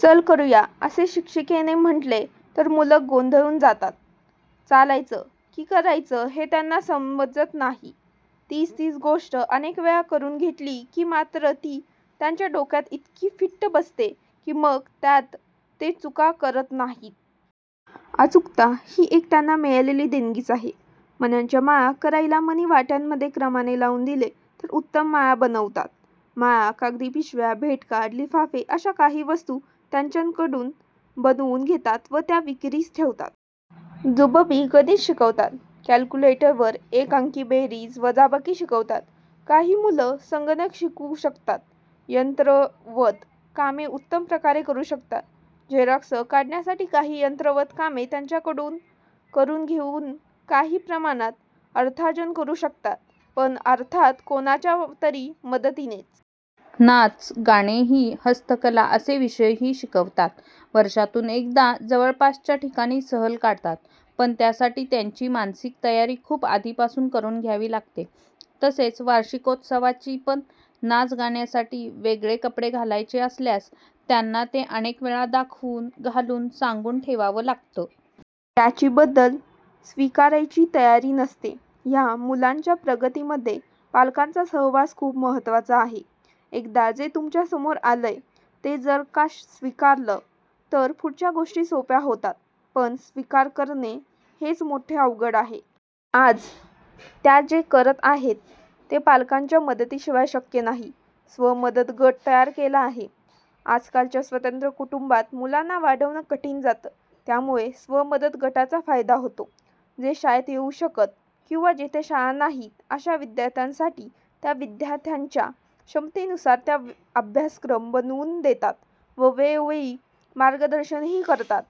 चल करूया असे शिक्षिकेने म्हटले तर मुलं गोंधळून जातात, चालायचं की करायचं हे त्यांना समजत नाही. तीच तीच गोष्ट अनेकवेळा करून घेतली की मात्र ती त्यांच्या डोक्यात इतकी फिट्ट बसते की मग त्यात ते चुका करत नाही. अचूकता ही एक त्यांना मिळालेली देणगीच आहे. मण्यांच्या माळा करायला मणी वाट्यांमध्ये क्रमाने लावून दिले तर उत्तम माळा बनवतात. माळा, कागदी पिशव्या, भेटकार्ड, लिफाफे अश्या काही वस्तू त्यांच्याकडून बनवून घेतात व त्या विक्रीस ठेवतात. जुजबी गणित शिकवतात. कॅलक्युलेटरवर एक अंकी बेरीज वजाबाकी शिकवतात. काही मुलं संगणक शिकू शकतात. यंत्रवत कामे उत्तम प्रकारे करू शकतात. झेरॉक्स काढण्यासारखी काही यंत्रवत कामे त्यांच्याकडून करून घेऊन काही प्रमाणात अर्थाजन करू शकतात पण अर्थात कोणाच्या तरी मदतीनेच. नाच, गाणेही, हस्तकला असे विषयही शिकवतात. वर्षातून एकदा जवळपासच्या ठिकाणी सहल काढतात पण त्यासाठी त्यांची मानसिक तयारी खूप आधीपासून करून घ्यावी लागते. तसेच वार्षिकोत्सवाची पण. नाचगाण्यासाठी वेगळे कपडे घालायचे असल्यास त्यांना ते अनेकवेळा दाखवून, घालून, सांगून ठेवावं लागतं. त्यांची बदल स्वीकारायची तयारी नसते. ह्या मुलांच्या प्रगतीमध्ये पालकांचा सहभाग खूप महत्त्वाचा आहे. एकदा जे तुमच्या समोर आलंय ते जर का स्वीकारलं तर पुढच्या गोष्टी सोप्या होतात पण स्वीकार करणं हेच मोठं अवघड आहे. आज त्या जे काही करत आहेत ते पालकांच्या मदतीशिवाय शक्य नाही. स्वमदत गट तयार केला आहे. आजकालच्या स्वतंत्र कुटुंबात मुलांना वाढवणं कठीण जातं त्यामुळे स्वमदत गटाचा फायदा होतो. जे शाळेत येऊ शकत किंवा जिथे शाळा नाहीत अश्या विद्यार्थ्यांसाठी त्या विद्यार्थ्याच्या क्षमतेनुसार त्या अभ्यासक्रम बनवून देतात व वेळोवेळी मार्गदर्शनही करतात.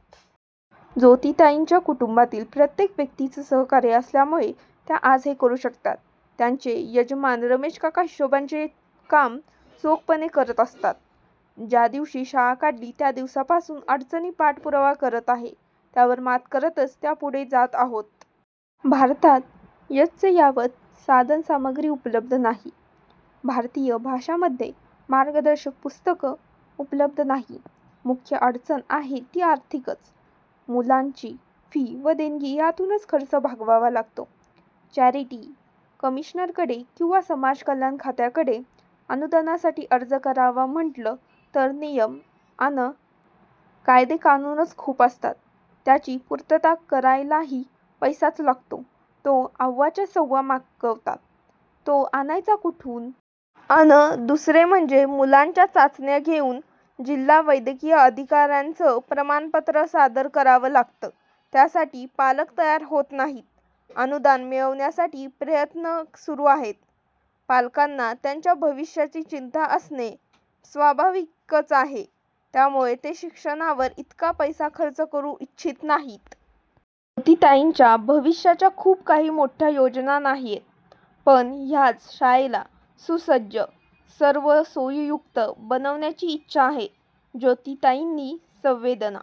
ज्योतीताईंच्या कुटुंबातील प्रत्येक व्यक्तीचं सहकार्य असल्यामुळे त्या आज हे करू शकतात. त्यांचे यजमान रमेशकाका हिशोबाचं कामं चोखपणे करत असतात. ज्या दिवशी शाळा काढली त्या दिवसापासून अडचणी पाठपुरावा करत आहे. त्यावर मात करतच त्या पुढे जात आहोत. भारतात यच्चयावत साधनसामग्री उपलब्ध नाही. भारतीय भाषांमध्ये मार्गदर्शक पुस्तकं उपलब्ध नाही. मुख्य अडचण आहे ती आर्थिकच. मुलांची फी व देणगी ह्यातूनच खर्च भागवावा लागतो. चॅरिटी कमिशनरकडे किंवा समाज कल्याण खात्याकडे अनुदानासाठी अर्ज करावा म्हटलं तर नियम अन कायदेकानूनच खूप असतात त्याची पूर्तता करायलाही पैसाच लागतो, तो अव्वाच्या सव्वा मागतात तो आणायचा कुठून. अन दुसरे म्हणजे मुलांच्या चाचण्या घेऊन जिल्हा वैद्यकीय अधिकाऱ्याचं प्रमाणपत्र सादर करावं लागतं त्यासाठी पालक तयार होत नाहीत. अनुदान मिळवण्यासाठी प्रयत्न सुरू आहेत. पालकांना त्यांच्या भविष्याची चिंता असणे स्वाभाविकच आहे त्यामुळे ते शिक्षणावर इतका पैसा खर्च करू इच्छित नाही. ज्योतीताईंच्या भविष्याच्या खूप काही मोठ्या योजना नाहीयेत पण ह्याच शाळेला सुसज्ज, सर्व सोयींयुक्त बनवण्याची इच्छा आहे. ज्योतीताईंनी संवेदना